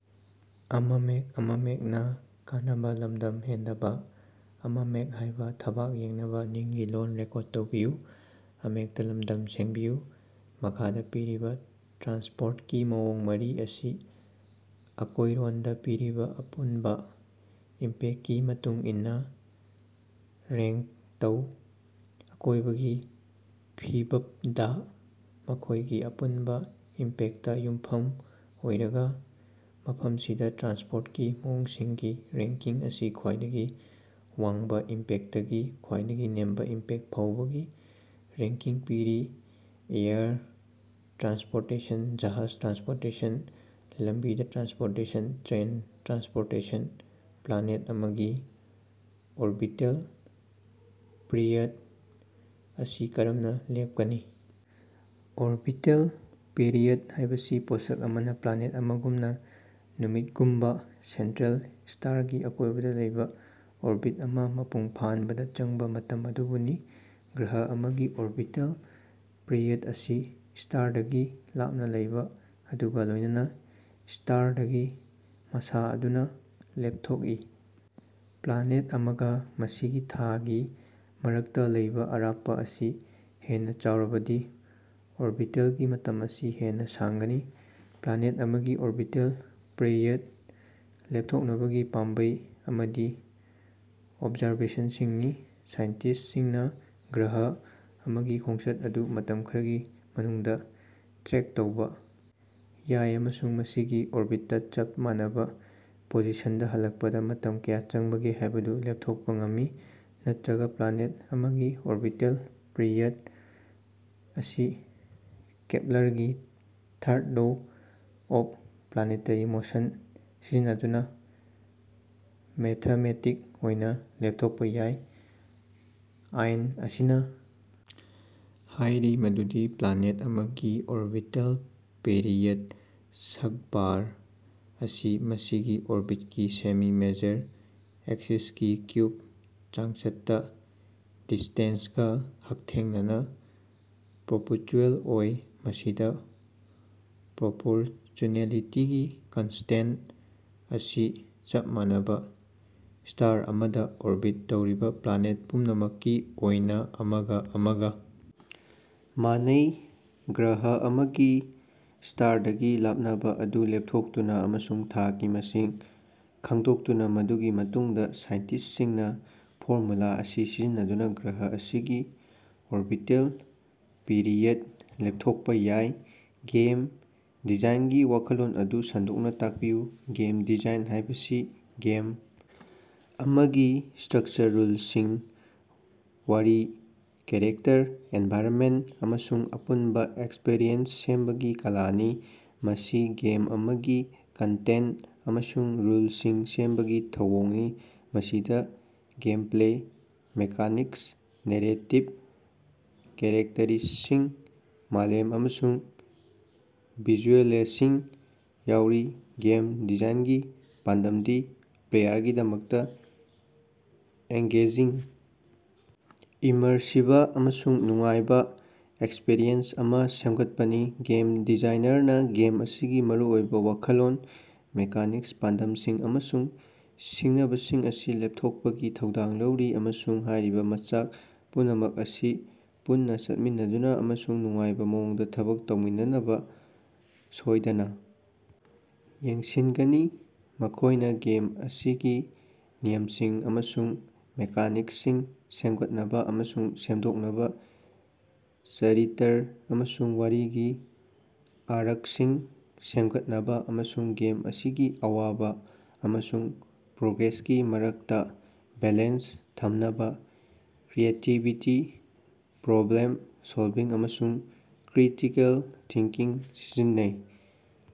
ꯃꯈꯥꯗꯥ ꯄꯤꯔꯤꯕꯥ ꯇ꯭ꯔꯥꯟꯁꯄꯣꯔꯠꯀꯤ ꯃꯑꯣꯡ ꯃꯔꯤ ꯑꯁꯤ ꯑꯀꯣꯏꯔꯣꯟꯗꯥ ꯄꯤꯔꯤꯕꯥ ꯑꯄꯨꯟꯕꯥ ꯏꯝꯄꯦꯛꯀꯤ ꯃꯇꯨꯡꯏꯟꯅꯥ ꯔꯦꯡꯛ ꯇꯧ꯫ ꯑꯀꯣꯏꯕꯒꯤ ꯐꯤꯕꯞꯗꯥ ꯃꯈꯣꯏꯒꯤ ꯑꯄꯨꯟꯕꯥ ꯏꯝꯄꯦꯛꯇꯥ ꯌꯨꯝꯐꯝ ꯑꯣꯏꯔꯒꯥ ꯃꯐꯝꯁꯤꯗꯥ ꯇ꯭ꯔꯥꯟꯁꯄꯣꯔꯠꯀꯤ ꯃꯑꯣꯡꯁꯤꯡꯒꯤ ꯔꯦꯡꯀꯤꯡ ꯑꯁꯤ ꯈ꯭ꯋꯥꯏꯗꯒꯤ ꯋꯥꯡꯕꯥ ꯏꯝꯄꯦꯛꯇꯒꯤ ꯈ꯭ꯋꯥꯏꯗꯒꯤ ꯅꯦꯝꯕꯥ ꯏꯝꯄꯦꯛ ꯐꯥꯎꯕꯒꯤ ꯔꯦꯡꯀꯤꯡ ꯄꯤꯔꯤ ꯑꯦꯌꯔ ꯇ꯭ꯔꯥꯟꯁꯄꯣꯔꯇꯦꯁꯟ ꯖꯍꯥꯖ ꯇ꯭ꯔꯥꯟꯁꯄꯣꯔꯇꯦꯁꯟ ꯂꯝꯕꯤꯗꯥ ꯇ꯭ꯔꯥꯟꯁꯄꯣꯔꯇꯦꯁꯟ ꯇ꯭ꯔꯦꯟ ꯇ꯭ꯔꯥꯟꯁꯄꯣꯔꯇꯦꯁꯟ꯫ ꯄ꯭ꯂꯥꯅꯦꯠ ꯑꯃꯒꯤ ꯑꯣꯔꯕꯤꯇꯦꯜ ꯄꯤꯔꯤꯌꯗ ꯑꯁꯤ ꯀꯔꯝꯅꯥ ꯂꯦꯞꯀꯅꯤ? ꯑꯣꯔꯕꯤꯇꯦꯜ ꯄꯤꯔꯤꯌꯗ ꯍꯥꯏꯕꯁꯤ ꯄꯣꯠꯁꯛ ꯑꯃꯅꯥ ꯄ꯭ꯂꯥꯅꯦꯠ ꯑꯃꯒꯨꯝꯅꯥ ꯅꯨꯃꯤꯠꯒꯨꯝꯕꯥ ꯁꯦꯟꯇ꯭ꯔꯦꯜ ꯁ꯭ꯇꯥꯔꯒꯤ ꯑꯀꯣꯏꯕꯗꯥ ꯂꯩꯕꯥ ꯑꯣꯔꯕꯤꯠ ꯑꯃꯥ ꯃꯄꯨꯡ ꯐꯥꯍꯟꯕꯗꯥ ꯆꯪꯕꯥ ꯃꯇꯝ ꯑꯗꯨꯕꯨꯅꯤ꯫ ꯒ꯭ꯔꯍ ꯑꯃꯒꯤ ꯑꯣꯔꯕꯤꯇꯦꯜ ꯄꯤꯔꯤꯌꯗ ꯑꯁꯤ ꯁ꯭ꯇꯥꯔꯗꯒꯤ ꯂꯥꯞꯅꯥ ꯂꯩꯕꯥ ꯑꯗꯨꯒꯥ ꯂꯣꯏꯅꯅꯥ ꯁ꯭ꯇꯥꯔꯒꯤ ꯃꯥꯁ ꯑꯗꯨꯅꯥ ꯂꯦꯞꯊꯣꯛꯏ꯫ ꯄ꯭ꯂꯥꯅꯦꯠ ꯑꯃꯒꯥ ꯃꯁꯤꯒꯤ ꯊꯥꯒꯤ ꯃꯔꯛꯇꯥ ꯂꯩꯕꯥ ꯑꯔꯥꯞꯄꯥ ꯑꯁꯤ ꯍꯦꯟꯅꯥ ꯆꯥꯎꯔꯕꯗꯤ ꯑꯣꯔꯕꯤꯇꯦꯜꯒꯤ ꯃꯇꯝ ꯑꯁꯤ ꯍꯦꯟꯅꯥ ꯁꯥꯡꯒꯅꯤ꯫ ꯄ꯭ꯂꯥꯅꯦꯠ ꯑꯃꯒꯤ ꯑꯣꯔꯕꯤꯇꯦꯜ ꯄꯤꯔꯤꯌꯗ ꯂꯦꯞꯊꯣꯛꯅꯕꯒꯤ ꯄꯥꯝꯕꯩ ꯑꯃꯗꯤ ꯑꯣꯕꯖꯥꯔꯕꯦꯁꯟꯁꯤꯡꯅꯤ꯫ ꯁꯥꯏꯟꯇꯤꯁ꯭ꯠꯁꯤꯡꯅꯥ ꯒ꯭ꯔꯍ ꯑꯃꯒꯤ ꯈꯣꯡꯆꯠ ꯑꯗꯨ ꯃꯇꯝ ꯈꯔꯒꯤ ꯃꯅꯨꯡꯗꯥ ꯇ꯭ꯔꯦꯛ ꯇꯧꯕꯥ ꯌꯥꯏ ꯑꯃꯁꯨꯡ ꯃꯁꯤꯒꯤ ꯑꯣꯔꯕꯤꯠꯇꯥ ꯆꯞ ꯃꯥꯟꯅꯕꯥ ꯄꯣꯖꯤꯁꯟꯗꯥ ꯍꯜꯂꯛꯄꯗꯥ ꯃꯇꯝ ꯀꯌꯥ ꯆꯪꯕꯒꯦ ꯍꯥꯏꯕꯗꯨ ꯂꯦꯞꯊꯣꯛꯄꯥ ꯉꯝꯃꯤ꯫ ꯅꯠꯇ꯭ꯔꯒꯥ ꯄ꯭ꯂꯥꯅꯦꯠ ꯑꯃꯒꯤ ꯑꯣꯔꯕꯤꯇꯦꯜ ꯄꯤꯔꯤꯌꯗ ꯑꯁꯤ ꯀꯦꯞꯂꯔꯒꯤ third law of planetary motion ꯁꯤꯖꯤꯟꯅꯗꯨꯅꯥ ꯃꯦꯊꯃꯦꯇꯤꯛ ꯑꯣꯏꯅꯥ ꯂꯦꯞꯊꯣꯛꯄꯥ ꯌꯥꯏ꯫ ꯑꯥꯏꯟ ꯑꯁꯤꯅꯥ ꯍꯥꯏꯔꯤ ꯃꯗꯨꯗꯤ ꯄ꯭ꯂꯥꯅꯦꯠ ꯑꯃꯒꯤ ꯑꯣꯔꯕꯤꯇꯦꯜ ꯄꯤꯔꯤꯌꯗꯀꯤ ꯁ꯭ꯛꯕꯥꯔ ꯑꯁꯤ ꯃꯁꯤꯒꯤ ꯑꯣꯔꯕꯤꯠꯀꯤ ꯁꯦꯃꯤ-ꯃꯦꯖꯔ ꯑꯦꯛꯁꯤꯁꯀꯤ ꯀ꯭ꯌꯨꯕ ꯆꯥꯡꯆꯠꯇꯥ ꯗꯤꯁ꯭ꯇꯦꯟꯁꯒꯥ ꯍꯛꯊꯦꯡꯅꯅꯥ ꯄ꯭ꯔꯣꯄꯣꯔꯆꯨꯑꯦꯜ ꯑꯣꯏ ꯃꯁꯤꯗꯥ ꯄ꯭ꯔꯣꯄꯣꯔꯆꯨꯅꯦꯂꯤꯇꯤꯒꯤ ꯀꯟꯁꯇꯦꯟꯠ ꯑꯁꯤ ꯆꯞ ꯃꯥꯟꯅꯕꯥ ꯁ꯭ꯇꯥꯔ ꯑꯃꯗꯥ ꯑꯣꯔꯕꯤꯠ ꯇꯧꯔꯤꯕꯥ ꯄ꯭ꯂꯥꯅꯦꯠ ꯄꯨꯝꯅꯃꯛꯀꯤ ꯑꯣꯏꯅꯥ ꯑꯃꯒꯥ ꯑꯃꯒꯥ ꯃꯥꯟꯅꯩ꯫ ꯒ꯭ꯔꯍ ꯑꯃꯒꯤ ꯁ꯭ꯇꯥꯔꯗꯒꯤ ꯂꯥꯞꯅꯕꯥ ꯑꯗꯨ ꯂꯦꯞꯊꯣꯛꯇꯨꯅꯥ ꯑꯃꯁꯨꯡ ꯊꯥꯒꯤ ꯃꯁꯤꯡ ꯈꯪꯗꯣꯛꯇꯨꯅꯥ ꯃꯗꯨꯒꯤ ꯃꯇꯨꯡꯗꯥ ꯁꯥꯏꯟꯇꯤꯁ꯭ꯠꯁꯤꯡꯅꯥ ꯐꯣꯔꯃꯨꯂꯥ ꯑꯁꯤ ꯁꯤꯖꯤꯟꯅꯗꯨꯅꯥ ꯒ꯭ꯔꯍ ꯑꯁꯤꯒꯤ ꯑꯣꯔꯕꯤꯇꯦꯜ ꯄꯤꯔꯤꯌꯗ ꯂꯦꯞꯊꯣꯛꯄꯥ ꯌꯥꯏ꯫ ꯒꯦꯝ ꯗꯤꯖꯥꯏꯟꯒꯤ ꯋꯥꯈꯜꯂꯣꯟ ꯑꯗꯨ ꯁꯟꯗꯣꯛꯅꯥ ꯇꯥꯛꯄꯤꯌꯨ꯫ ꯒꯦꯝ ꯗꯤꯖꯥꯏꯟ ꯍꯥꯏꯕꯁꯤ ꯒꯦꯝ ꯑꯃꯒꯤ ꯁ꯭ꯇꯔꯛꯆꯔ ꯔꯨꯜꯁꯤꯡ ꯋꯥꯔꯤ ꯀꯦꯔꯦꯛꯇꯔ ꯑꯦꯟꯚꯥꯏꯔꯟꯃꯦꯟꯠ ꯑꯃꯁꯨꯡ ꯑꯄꯨꯟꯕꯥ ꯑꯦꯛꯁꯄꯤꯔꯤꯑꯦꯟꯁ ꯁꯦꯝꯕꯒꯤ ꯀꯂꯥꯅꯤ꯫ ꯃꯁꯤ ꯒꯦꯝ ꯑꯃꯒꯤ ꯀꯟꯇꯦꯟꯠ ꯑꯃꯁꯨꯡ ꯔꯨꯜꯁꯤꯡ ꯁꯦꯝꯕꯒꯤ ꯊꯧꯑꯣꯡꯅꯤ ꯃꯁꯤꯗꯥ ꯒꯦꯝꯄ꯭ꯂꯦ ꯃꯦꯀꯥꯅꯤꯛꯁ ꯅꯦꯔꯦꯇꯤꯕ ꯀꯦꯔꯦꯛꯇꯔꯁꯤꯡ ꯃꯥꯂꯦꯝ ꯑꯃꯁꯨꯡ ꯚꯤꯖꯨꯑꯦꯂꯁꯤꯡ ꯌꯥꯎꯔꯤ꯫ ꯒꯦꯝ ꯗꯤꯖꯥꯏꯟꯒꯤ ꯄꯥꯟꯗꯝꯗꯤ ꯄ꯭ꯂꯦꯌꯔꯒꯤꯗꯃꯛꯇꯥ ꯑꯦꯡꯒꯦꯖꯤꯡ ꯏꯃꯔꯁꯤꯕ ꯑꯃꯁꯨꯡ ꯅꯨꯡꯉꯥꯏꯕꯥ ꯑꯦꯛꯁꯄꯔꯤꯌꯦꯟꯁ ꯑꯃꯥ ꯁꯦꯝꯒꯠꯄꯅꯤ꯫ ꯒꯦꯝ ꯗꯤꯖꯥꯏꯅꯔꯅꯥ ꯒꯦꯝ ꯑꯁꯤꯒꯤ ꯃꯔꯨꯑꯣꯏꯕꯥ ꯋꯥꯈꯜꯂꯣꯟ ꯃꯦꯀꯥꯅꯤꯛꯁ ꯄꯥꯟꯗꯝꯁꯤꯡ ꯑꯃꯁꯨꯡ ꯁꯤꯡꯅꯕꯁꯤꯡ ꯑꯁꯤ ꯂꯦꯞꯊꯣꯛꯄꯒꯤ ꯊꯧꯗꯥꯡ ꯂꯧꯔꯤ ꯑꯃꯁꯨꯡ ꯍꯥꯏꯔꯤꯕꯥ ꯃꯆꯥꯛ ꯄꯨꯝꯅꯃꯛ ꯑꯁꯤ ꯄꯨꯟꯅꯥ ꯆꯠꯃꯤꯟꯅꯗꯨꯅꯥ ꯑꯃꯁꯨꯡ ꯅꯨꯡꯉꯥꯏꯕꯥ ꯃꯑꯣꯡꯗꯥ ꯊꯕꯛ ꯇꯧꯃꯤꯟꯅꯅꯕꯥ ꯁꯣꯏꯗꯅꯥ ꯌꯦꯡꯁꯤꯟꯒꯅꯤ꯫ ꯃꯈꯣꯏꯅꯥ ꯒꯦꯝ ꯑꯁꯤꯒꯤ ꯅꯤꯌꯝꯁꯤꯡ ꯑꯃꯁꯨꯡ ꯃꯦꯀꯥꯅꯤꯛꯁꯁꯤꯡ ꯁꯦꯝꯒꯠꯅꯕꯥ ꯑꯃꯁꯨꯡ ꯁꯦꯝꯗꯣꯛꯅꯕꯥ ꯆꯔꯤꯇꯔ ꯑꯃꯁꯨꯡ ꯋꯥꯔꯤꯒꯤ ꯑꯥꯔꯛꯁꯤꯡ ꯁꯦꯝꯒꯠꯅꯕꯥ ꯑꯃꯁꯨꯡ ꯒꯦꯝ ꯑꯁꯤꯒꯤ ꯑꯋꯥꯕꯥ ꯑꯃꯁꯨꯡ ꯄ꯭ꯔꯣꯒ꯭ꯔꯦꯁꯀꯤ ꯃꯔꯛꯇꯥ ꯕꯦꯂꯦꯟꯁ ꯊꯝꯅꯕꯥ ꯀ꯭ꯔꯤꯌꯦꯇꯤꯕꯤꯇꯤ ꯄ꯭ꯔꯣꯕ꯭ꯂꯦꯝ ꯁꯣꯜꯕꯤꯡ ꯑꯃꯁꯨꯡ ꯀ꯭ꯔꯤꯇꯤꯀꯦꯜ ꯊꯤꯡꯀꯤꯡ ꯁꯤꯖꯤꯟꯅꯩ꯫